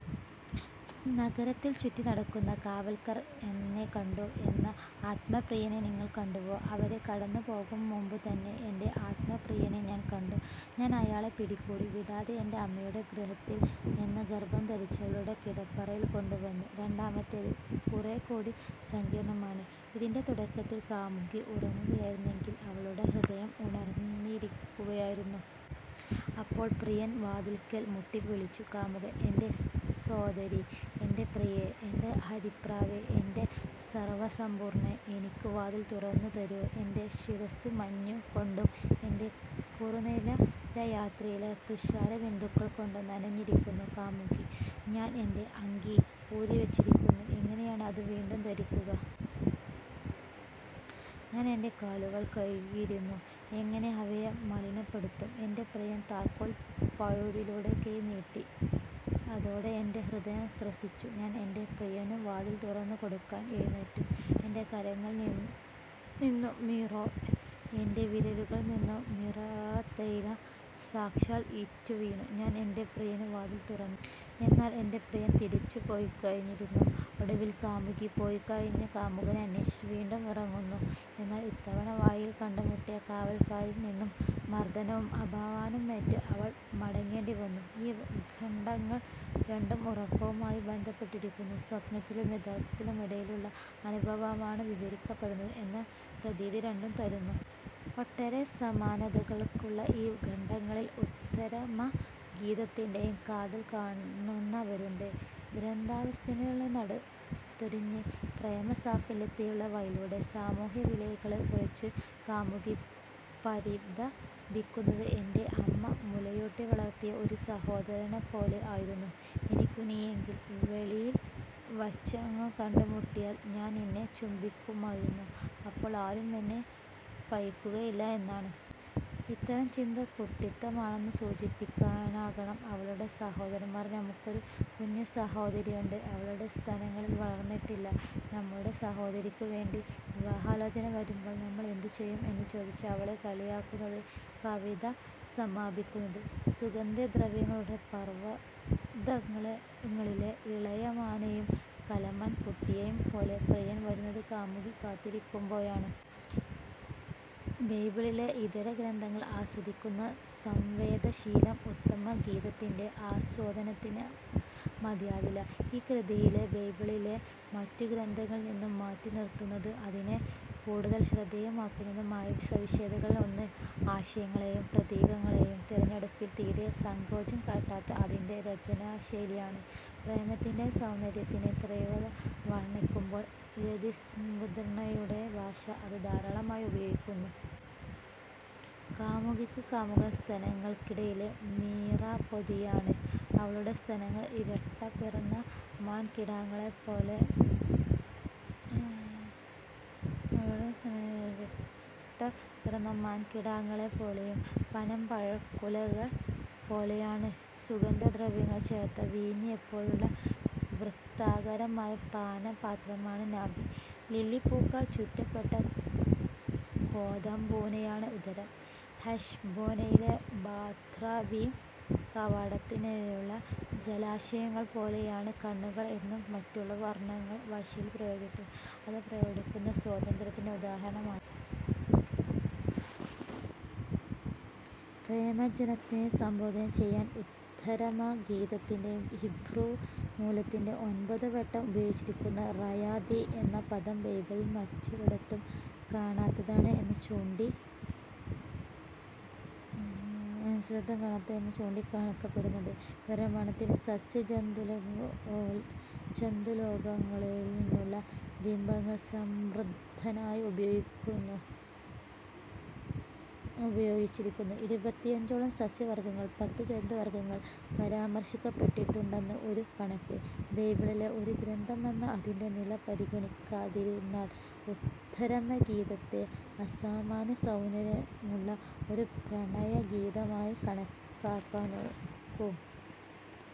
നഗരത്തിൽ ചുറ്റിനടക്കുന്ന കാവൽക്കാർ എന്നെ കണ്ടു. "എന്റെ ആത്മപ്രിയനെ നിങ്ങൾ കണ്ടുവോ? "അവരെ കടന്നുപോകുംമുമ്പുതന്നെ എന്റെ ആത്മപ്രിയനെ ഞാൻ കണ്ടു. ഞാൻ അയാളെ പിടികൂടി, വിടാതെ, എന്റെ അമ്മയുടെ ഗൃഹത്തിൽ, എന്നെ ഗർഭം ധരിച്ചവളുടെ കിടപ്പറയിൽ കൊണ്ടുവന്നു. രണ്ടാമത്തേത് കുറേക്കൂടി സങ്കീർണമാണ്. അതിന്റെ തുടക്കത്തിൽ കാമുകി, ഉറങ്ങുകയായിരുന്നെങ്കിലും അവളുടെ ഹൃദയം ഉണർന്നിരിക്കുകയായിരുന്നു. അപ്പോൾ, പ്രിയൻ വാതിൽക്കൽ മുട്ടി വിളിച്ചു. കാമുകൻ:- എന്റെ സോദരീ, എന്റെ പ്രിയേ, എന്റെ അരിപ്രാവേ, എന്റെ സർവസമ്പൂർണേ, എനിക്കു വാതിൽ തുറന്നു തരൂ; എന്റെ ശിരസ്സു മഞ്ഞുകൊണ്ടും, എന്റെ കുറുനിര രാത്രിയിലെ തുഷാരബിന്ദുക്കൾ കൊണ്ടും നനഞ്ഞിരിക്കുന്നു. കാമുകി:- ഞാൻ എന്റെ അങ്കി ഊരിവച്ചിരുന്നു, എങ്ങനെയാണ് അതു വീണ്ടും ധരിക്കുക? ഞാൻ എന്റെ കാലുകൾ കഴുകിയിരുന്നു, എങ്ങനെ അവയെ മലിനപ്പെടുത്തും? എന്റെ പ്രിയൻ താക്കോൽ പഴുതിലൂടെ കൈ നീട്ടി, അതോടെ എന്റെ ഹൃദയം ത്രസിച്ചു. ഞാൻ എന്റെ പ്രിയനു വാതിൽ തുറന്നുകൊടുക്കാൻ എഴുന്നേറ്റു. എന്റെ കരങ്ങളിൽ നിന്നു മീറാ, എന്റെ വിരലുകളിൽ നിന്നു മീറാത്തൈലം, സാക്ഷയിൽ ഇറ്റിറ്റു വീണു. ഞാൻ എന്റെ പ്രിയനു വാതിൽ തുറന്നു. എന്നാൽ എന്റെ പ്രിയൻ തിരിച്ചുപൊയ്ക്കഴിഞ്ഞിരുന്നു. ഒടുവിൽ കാമുകി, പൊയ്ക്കഴിഞ്ഞ കാമുകനെ അന്വേഷിച്ച് വീണ്ടും ഇറങ്ങുന്നു. എന്നാൽ ഇത്തവണ വഴിയിൽ കണ്ടുമുട്ടിയ കാവൽക്കാരിൽ നിന്ന് മർദ്ദനവും അപമാനവുമേറ്റ് അവൾക്ക് മടങ്ങേണ്ടി വന്നു. ഈ ഖണ്ഡങ്ങൾ രണ്ടും ഉറക്കവുമായി ബന്ധപ്പെട്ടിരിക്കുന്നു. സ്വപ്നത്തിനും യാഥാർഥ്യത്തിനും ഇടയിലുള്ള അനുഭവമാണ് വിവരിക്കപ്പെടുന്നത് എന്ന പ്രതീതി രണ്ടും തരുന്നു. ഒട്ടേറെ സമാനതകളുള്ള ഈ ഖണ്ഡങ്ങളിൽ ഉത്തമഗീതത്തിന്റെ കാതൽ കാണുന്നവരുണ്ട്. ഗ്രന്ഥാവസാനത്തിനടുത്തൊരിടത്ത്, പ്രേമസാഫല്യത്തിലേക്കുള്ള വഴിയിലെ സാമൂഹ്യവിലക്കുകളെക്കുറിച്ച് കാമുകി പരിതപിക്കുന്നത് "ഏന്റെ അമ്മ മുലയൂട്ടി വളർത്തിയ ഒരു സഹോദരനെപ്പോലെ ആയിരുന്നു എനിക്കു നീ എങ്കിൽ, വെളിയിൽ വച്ചെങ്ങാനും കണ്ടുമുട്ടിയാൽ ഞാൻ നിന്നെ ചുംബിക്കുമായിരുന്നു, അപ്പോൾ ആരും എന്നെ പഴിക്കുകയില്ല" എന്നാണ്. ഇത്തരം ചിന്ത കുട്ടിത്തമാണെന്ന് സൂചിപ്പിക്കാനാകണം അവളുടെ സഹോദരന്മാർ "നമുക്കൊരു കുഞ്ഞു സഹോദരിയുണ്ട്, അവളുടെ സ്തനങ്ങൾ വളർന്നിട്ടില്ല. നമ്മുടെ സഹോദരിക്കു വേണ്ടി വിവാഹാലോചന വരുമ്പോൾ നമ്മൾ എന്തു ചെയ്യും? " എന്നു ചോദിച്ച് അവളെ കളിയാക്കുന്നത്. കവിത സമാപിക്കുന്നത്, "സുഗന്ധദ്രവ്യങ്ങളുടെ പർവതങ്ങളിലെ ഇളമാനെയും കലമാൻ കുട്ടിയെയും പോലെ" പ്രിയൻ വരുന്നത് കാമുകി കാത്തിരിക്കുമ്പോഴാണ്. ബൈബിളിലെ ഇതര ഗ്രന്ഥങ്ങൾ ആസ്വദിക്കുന്ന സംവേദനശീലം ഉത്തമഗീതത്തിന്റെ ആസ്വാദനത്തിന് മതിയാവില്ല. ഈ കൃതിയെ ബൈബിളിലെ മറ്റു ഗ്രന്ഥങ്ങളിൽ നിന്ന് മാറ്റിനിർത്തുന്നതും അതിനെ കൂടുതൽ ശ്രദ്ധേയമാക്കുന്നതും ആയ സവിശേഷതകളിൽ ഒന്ന്, ആശയങ്ങളുടേയും പ്രതീകങ്ങളുടേയും തെരഞ്ഞെടുപ്പിൽ തീരെ സങ്കോചം കാട്ടാത്ത അതിന്റെ രചനാശൈലിയാണ്. പ്രേമത്തിന്റേയും സൗന്ദര്യത്തിന്റേയും തീവ്രത വർണ്ണിക്കുമ്പോൾ രതിസ്മൃതിയുണർത്തുന്ന ഭാഷ അത് ധാരാളമായി ഉപയോഗിക്കുന്നു. കാമുകിക്ക് കാമുകൻ സ്തനങ്ങൾക്കിടയിലെ മീറാപ്പൊതിയാണ്; അവളുടെ സ്തനങ്ങൾ ഇരട്ടപിറന്ന മാൻകിടാങ്ങളെപ്പോലെയും പനംപഴക്കുലകൾ പോലെയും ആണ്; സുഗന്ധദ്രവ്യങ്ങൾ ചേർത്ത വീഞ്ഞ് എപ്പോഴുമുള്ള, വൃത്താകാരമായ പാനപാത്രമാണ് നാഭി; ലില്ലിപ്പൂക്കളാൽ ചുറ്റപ്പെട്ട കോതമ്പുകൂനയാണ് ഉദരം; ഹെശ്ബ്ബോനിലെ ബാത്റബീം കവാടത്തിന്നരികെയുള്ള ജലാശയങ്ങൾപോലെയാണു കണ്ണുകൾ എന്നും മറ്റുമുള്ള വർണ്ണനകൾ ഭാഷയുടെ പ്രയോഗത്തിൽ അത് പ്രകടിപ്പിക്കുന്ന സ്വാതന്ത്ര്യത്തിന് ഉദാഹരണമാണ്. പ്രേമഭാജനത്തെ സംബോധന ചെയ്യാൻ ഉത്തമഗീതത്തിന്റെ ഹീബ്രൂ മൂലത്തിൽ ഒൻപതുവട്ടം ഉപയോഗിച്ചിരിക്കുന്ന 'റായതി' എന്ന പദം, ബൈബിളിൽ മറ്റൊരിടത്തും കാണാത്തതാണ് എന്നു ചൂണ്ടിക്കാണിക്കപ്പെട്ടിട്ടുണ്ട്. വിവരണത്തിന് സസ്യ-ജന്തുലോകങ്ങളിൽ നിന്നുള്ള ബിംബങ്ങൾ സമൃദ്ധമായി ഉപയോഗിച്ചിരിക്കുന്നു. ഇരുപത്തഞ്ചോളം സസ്യവർഗങ്ങളും പത്ത് ജന്തുവർഗങ്ങളും പരാമർശിക്കപ്പെട്ടിട്ടുണ്ടെന്നാണ് ഒരു കണക്ക്. ബൈബിളിലെ ഒരു ഗ്രന്ഥമെന്ന അതിന്റെ നില പരിഗണിക്കാതിരുന്നാൽ, ഉത്തമഗീതത്തെ അസാമാന്യ സൗന്ദര്യമുള്ള ഒരു പ്രണയഗീതമായേ കണക്കാക്കാനൊക്കൂ.